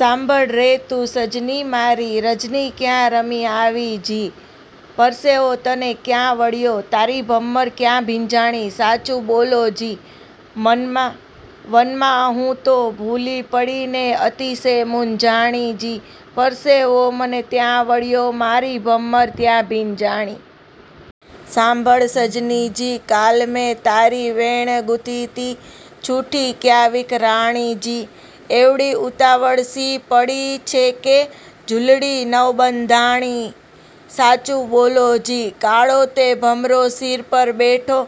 સાંભળ રે તું સજની! મારી, રજની ક્યાં રમી આવી જી? પરસેવો તને ક્યાં વળ્યો? તારી ભમ્મર ક્યાં ભીંજાણી? સાચું બોલો જી! મનમાં વનમાં હું તો ભૂલી પડી ને અતિશે મૂંઝાણી જી; પરસેવો મને ત્યાં વળ્યો મારી ભમ્મર ત્યાં ભીંજાણી. સાંભળ સજની જી! કાલ મેં તારી વેણ ગૂંથી તી છૂટી ક્યાં વિખરાણી જી? એવડી ઉતાવળ શી પડી છે કે ઝૂલડી નવ બંધાણી? સાચું બોલો જી! કાળો તે ભમરો શિર પર બેઠો,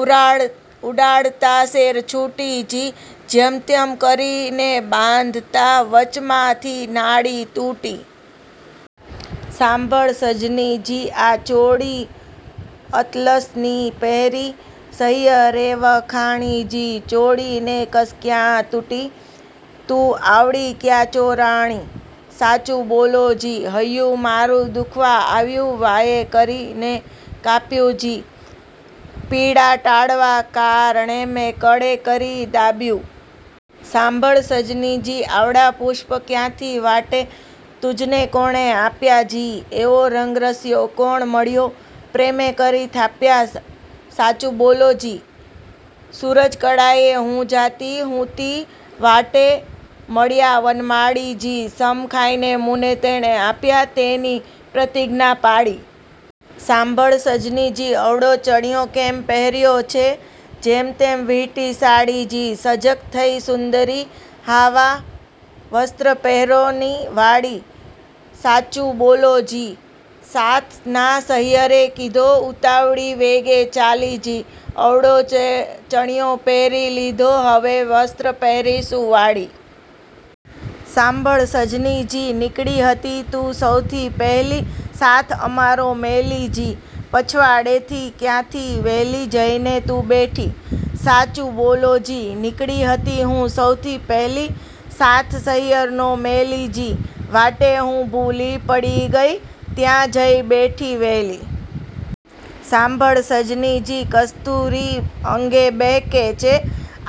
ઉરાડતાં ઉતારતા સેર છૂટી જી, જ્યમત્યમ કરીને બાંધતાં વચમાંથી નાડી તૂટી. સાંભળ સજની જી! આ ચોળી અતલસ ની પહેરી, સહિયરે વખાણી જી; ચોળીની કસ ક્યાં તૂટી? તું આવડી ક્યાં ચોરાણી? સાચું બોલો જી! હૈયું મારું દુખવા આવ્યું, વાએ કરીને કાપ્યું જી, પીડા ટાળવા કારણે મેં કળે કરીને દાબ્યું. સાંભળ સજની જી! આવડાં પુષ્પ ક્યાંથી વાટે તુજને કોણે આપ્યાં જી? એવો રંગરસિયો કોણ મળિયો? પ્રેમે કરીને થાપ્યાં. સાચું બોલો જી! સૂરજકળાએ હું જાતી હુતી, વાટે મળ્યા વનમાળી જી, સમ ખાઈને મુને તેણે આપ્યાં, તેની પ્રતિજ્ઞા પાળી. સાંભળ સજની જી! અવળો ચણિયો કેમ પહેર્યો છે? જેમતેમ વીંટી સાડી જી, સજક થઈને સુંદરી! હાવાં વસ્ત્ર પહેરોની વાડી. સાચું બોલો જી! સાથ ના સહિયરે કીધો, ઉતાવળી વેગે ચાલી જી, અવળો ચણિયો પહેરી લીધો, હવે વસ્ત્ર પહેરીશું વાળી. સાંભળ સજની જી! નીકળી હતી તું સૌથી પહેલી સાથ અમારો મેલી જી, પછવાડેથી ક્યાંથી વહેલી જઈને તું બેઠી? સાચું બોલો જી! નીકળી હતી હું સૌથી પહેલી સાથ સહિયરનો મેલી જી. વાટે હું ભૂલી પડી ગઈ, ત્યહાં જઈ બેઠી વ્હેલી. સાંભળ સજની જી! કસ્તૂરી અંગે બ્હેકે છે,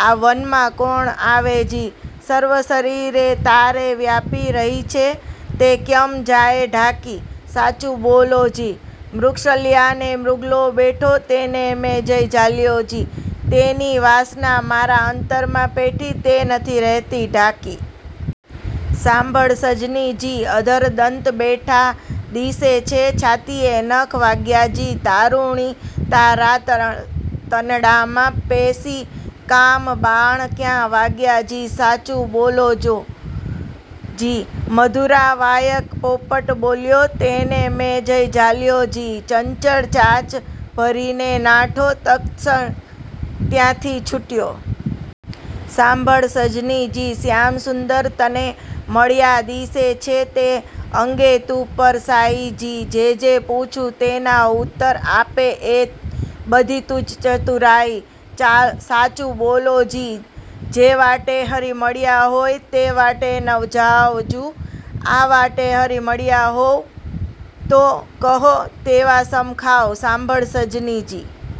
આ વનમાં કોણ આવે જી? સર્વ શરીરે તારે વ્યાપી રહી છે તે ક્યમ જાયે ઢાંકી? સાચું બોલો જી! મૃગશલ્યાએ મૃગલો બેઠો તેને મેં જઈ ઝાલ્યો જી, તેની વાસના મારા અંતરમાં પેઠી, તે નથી રહેતી ઢાંકી. સાંભળ સજની જી! અધર દંત બેઠા દીસે છે, છાતીએ નખ વાગ્યા જી, તારુણી! તારા તન તનડામાં પેસી કામબાણ ક્યાં વાગ્યાં જી? સાચું બોલો જો જી! 'મધુરાં વાયક પોપટ બોલ્યો, તેને મેં જઈ ઝાલ્યો જી, ચંચળ ચાંચ ભરીને નાઠો, તત્ક્ષણ ત્યાંથી છૂટ્યો. સાંભળ સજની જી! શ્યામસુંદર તને મળ્યા દીસે છે તે અંગે તું પરસાઈ જી, જે જે પૂછું તેના ઉત્તર આપે એ બધી તુજ ચતુરાઈ! સાચું બોલો જી! જે વાટે હરિ મળિયા હોયે તે વાટે નવ જાઉં જુ, આ વાટે હરિ મળિયા હોય તો કહો તેવા સમ ખાઉં. સાંભળ સજની જી!